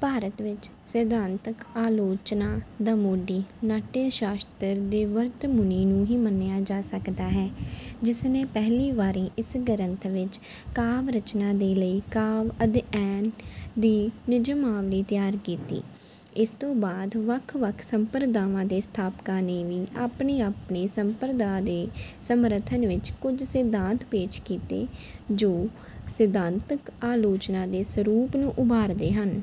ਭਾਰਤ ਵਿੱਚ ਸਿਧਾਂਤਕ ਆਲੋਚਨਾ ਦਾ ਮੋਢੀ ਨਾਟਯ-ਸ਼ਾਸਤਰ ਦੇ ਭਰਤਮੁਨੀ ਨੂੰ ਹੀ ਮੰਨਿਆ ਜਾ ਸਕਦਾ ਹੈ, ਜਿਸ ਨੇ ਪਹਿਲੀ ਵਾਰੀ ਇਸ ਗ੍ਰੰਥ ਵਿੱਚ ਕਾਵਿ ਰਚਨਾ ਦੇ ਲਈ ਕਾਵਿ-ਅਧਿਐਨ ਦੀ ਨਿਯਮਾਵਲੀ ਤਿਆਰ ਕੀਤੀ। ਇਸ ਤੋਂ ਬਾਅਦ ਵੱਖ-ਵੱਖ ਸੰਪ੍ਰਦਾਵਾਂ ਦੇ ਸਥਾਪਕਾਂ ਨੇ ਵੀ ਆਪਣੀ-ਆਪਣੀ ਸੰਪ੍ਰਦਾ ਦੇ ਸਮਰਥਨ ਵਿੱਚ ਕੁੱਝ ਸਿਧਾਂਤ ਪੇਸ਼ ਕੀਤੇ ਜੋ ਸਿਧਾਂਤਕ ਆਲੋਚਨਾ ਦੇ ਸਰੂਪ ਨੂੰ ਉਭਾਰਦੇ ਹਨ।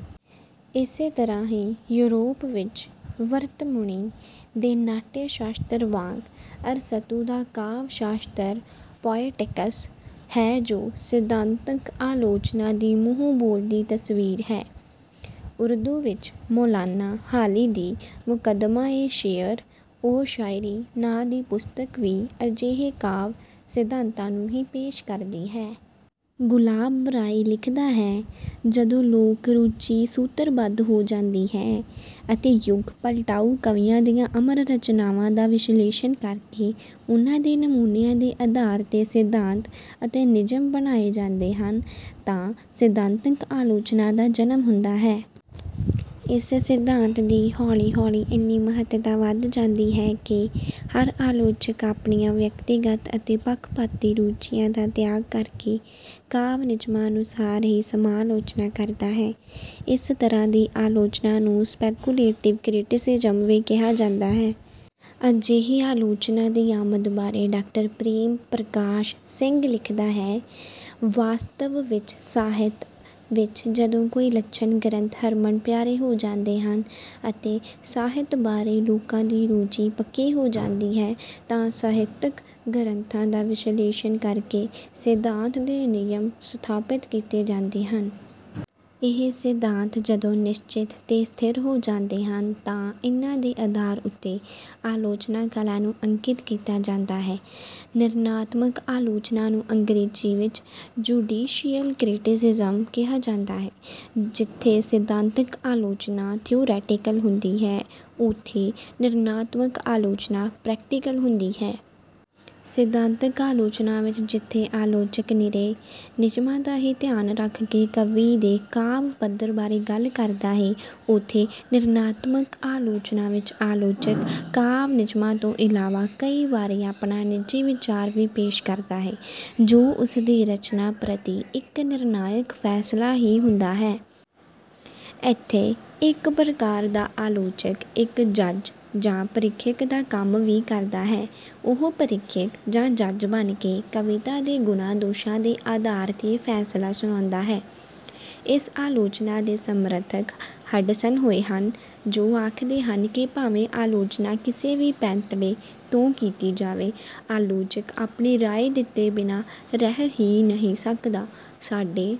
ਇਸੇ ਤਰ੍ਹਾਂ ਹੀ, ਯੂਰੋਪ ਵਿੱਚ ਭਰਤਮੁਨੀ ਦੇ ਨਾਟਯ-ਸ਼ਾਸਤਰ ਵਾਂਗ ਅਰਸਤੂ ਦਾ ਕਾਵਿ-ਸ਼ਾਸਤਰ 'ਪੋਇਟਿਕਸ' ਹੈ ਜੋ ਸਿਧਾਂਤਕ ਆਲੋਚਨਾ ਦੀ ਮੂੰਹ-ਬੋਲਦੀ ਤਸਵੀਰ ਹੈ। ਉਰਦੂ ਵਿੱਚ ਮੌਲਾਨਾ ਹਾਲੀ ਦੀ 'ਮੁਕੱਦਮਾ-ਏ-ਸ਼ੇਅਰ-ਓ-ਸ਼ਾਇਰੀ' ਨਾਂ ਦੀ ਪੁਸਤਕ ਵੀ ਅਜਿਹੇ ਕਾਵਿ ਸਿਧਾਂਤਾਂ ਨੂੰ ਹੀ ਪੇਸ਼ ਕਰਦੀ ਹੈ। ਗੁਲਾਬ ਰਾਏ ਲਿਖਦਾ ਹੈ, "ਜਦੋਂ ਲੋਕ ਰੁਚੀ ਸੂਤਰਬੱਧ ਹੋ ਜਾਂਦੀ ਹੈ ਅਤੇ ਯੁੱਗ-ਪਲਟਾਊ ਕਵੀਆਂ ਦੀਆਂ ਅਮਰ ਰਚਨਾਵਾਂ ਦਾ ਵਿਸ਼ਲੇਸ਼ਣ ਕਰਕੇ ਉਹਨਾਂ ਦੇ ਨਮੂਨਿਆਂ ਦੇ ਆਧਾਰ ਤੇ ਸਿਧਾਂਤ ਅਤੇ ਨਿਯਮ ਬਣਾਏ ਜਾਂਦੇ ਹਨ ਤਾਂ ਸਿਧਾਂਤਕ ਆਲੋਚਨਾ ਦਾ ਜਨਮ ਹੁੰਦਾ ਹੈ।" ਇਸ ਸਿਧਾਂਤ ਦੀ ਹੌਲੀ-ਹੌਲੀ ਐਨੀ ਮਹੱਤਤਾ ਵੱਧ ਜਾਂਦੀ ਹੈ ਕਿ ਹਰ ਆਲੋਚਕ ਆਪਣੀਆਂ ਵਿਅਕਤੀਗਤ ਅਤੇ ਪੱਖਪਾਤੀ ਰੁਚੀਆਂ ਦਾ ਤਿਆਗ ਕਰਕੇ ਕਾਵਿ ਨਿਯਮਾਂ ਅਨੁਸਾਰ ਹੀ ਸਮਾਲੋਚਨਾ ਕਰਦਾ ਹੈ। ਇਸ ਤਰ੍ਹਾਂ ਦੀ ਆਲੋਚਨਾ ਨੂੰ 'ਸਪੈਕੂਲੇਟਿਵ ਕਰਿਟਿਸਿਜ਼ਮ' ਵੀ ਕਿਹਾ ਜਾਂਦਾ ਹੈ। ਅਜਿਹੀ ਆਲੋਚਨਾ ਦੀ ਆਮਦ ਬਾਰੇ ਡਾਕਟਰ ਪ੍ਰੇਮ ਪ੍ਰਕਾਸ਼ ਸਿੰਘ ਲਿਖਦਾ ਹੈ- "ਵਾਸਤਵ ਵਿੱਚ ਸਾਹਿਤ ਵਿੱਚ ਜਦੋਂ ਕੋਈ ਲੱਛਣ ਗ੍ਰੰਥ ਹਰਮਨ-ਪਿਆਰੇ ਹੋ ਜਾਂਦੇ ਹਨ ਅਤੇ ਸਾਹਿਤ ਬਾਰੇ ਲੋਕਾਂ ਦੀ ਰੁਚੀ ਪੱਕੀ ਹੋ ਜਾਂਦੀ ਹੈ ਤਾਂ ਸਾਹਿਤਿਕ ਗ੍ਰੰਥਾਂ ਦਾ ਵਿਸ਼ਲੇਸ਼ਣ ਕਰਕੇ ਸਿਧਾਂਤ ਦੇ ਨਿਯਮ ਸਥਾਪਿਤ ਕੀਤੇ ਜਾਂਦੇ ਹਨ। ਇਹ ਸਿਧਾਂਤ ਜਦੋਂ ਨਿਸ਼ਚਿਤ ਤੇ ਸਥਿਰ ਹੋ ਜਾਂਦੇ ਹਨ ਤਾਂ ਇਨ੍ਹਾਂ ਦੇ ਆਧਾਰ ਉੱਤੇ ਆਲੋਚਨਾ ਕਲਾ ਨੂੰ ਅੰਕਿਤ ਕੀਤਾ ਜਾਂਦਾ ਹੈ।" ਨਿਰਣਾਤਮਕ ਆਲੋਚਨਾ ਨੂੰ ਅੰਗਰੇਜ਼ੀ ਵਿੱਚ 'ਜੁਡੀਸ਼ੀਅਲ ਕਰਿਟਿਸਿਜ਼ਮ' ਕਿਹਾ ਜਾਂਦਾ ਹੈ। ਜਿੱਥੇ ਸਿਧਾਂਤਕ ਆਲੋਚਨਾ 'ਥਿਊਰੈਟੀਕਲ' ਹੁੰਦੀ ਹੈ, ਉੱਥੇ ਨਿਰਣਾਤਮਕ ਆਲੋਚਨਾ 'ਪ੍ਰੈਕਟੀਕਲ' ਹੁੰਦੀ ਹੈ। ਸਿਧਾਂਤਕ ਆਲੋਚਨਾ ਵਿੱਚ ਜਿੱਥੇ ਆਲੋਚਕ ਨਿਰੇ ਨਿਯਮਾਂ ਦਾ ਹੀ ਧਿਆਨ ਰੱਖ ਕੇ ਕਵੀ ਦੇ ਕਾਵਿ ਪੱਧਰ ਬਾਰੇ ਗੱਲ ਕਰਦਾ ਹੈ, ਉੱਥੇ ਨਿਰਣਾਤਮਕ ਆਲੋਚਨਾ ਵਿੱਚ ਆਲੋਚਕ ਕਾਵਿ ਨਿਯਮਾਂ ਤੋਂ ਇਲਾਵਾ ਕਈ ਵਾਰੀ ਆਪਣਾ ਨਿੱਜੀ ਵਿਚਾਰ ਵੀ ਪੇਸ਼ ਕਰਦਾ ਹੈ, ਜੋ ਉਸਦੀ ਰਚਨਾ ਪ੍ਰਤੀ ਇੱਕ ਨਿਰਣਾਇਕ ਫੈਸਲਾ ਹੀ ਹੁੰਦਾ ਹੈ। ਇੱਥੇ ਇੱਕ ਪ੍ਰਕਾਰ ਦਾ ਆਲੋਚਕ ਇੱਕ ਜੱਜ ਜਾਂ ਪ੍ਰੀਖਿਅਕ ਦਾ ਕੰਮ ਵੀ ਕਰਦਾ ਹੈ। ਉਹ ਪ੍ਰੀਖਿਅਕ ਜਾਂ ਜੱਜ ਬਣ ਕੇ ਕਵਿਤਾ ਦੇ ਗੁਣਾਂ-ਦੋਸ਼ਾਂ ਦੇ ਆਧਾਰ 'ਤੇ ਫੈਸਲਾ ਸੁਣਾਉਂਦਾ ਹੈ। ਇਸ ਆਲੋਚਨਾ ਦੇ ਸਮਰਥਕ ਹਡਸਨ ਹੋਏ ਹਨ, ਜੋ ਆਖਦੇ ਹਨ ਕਿ ਭਾਵੇਂ ਆਲੋਚਨਾ ਕਿਸੇ ਵੀ ਪੈਂਤੜੇ ਤੋਂ ਕੀਤੀ ਜਾਵੇ, ਆਲੋਚਕ ਆਪਣੀ ਰਾਏ ਦਿੱਤੇ ਬਿਨਾਂ ਰਹਿ ਹੀ ਨਹੀਂ ਸਕਦਾ। ਸਾਡੇ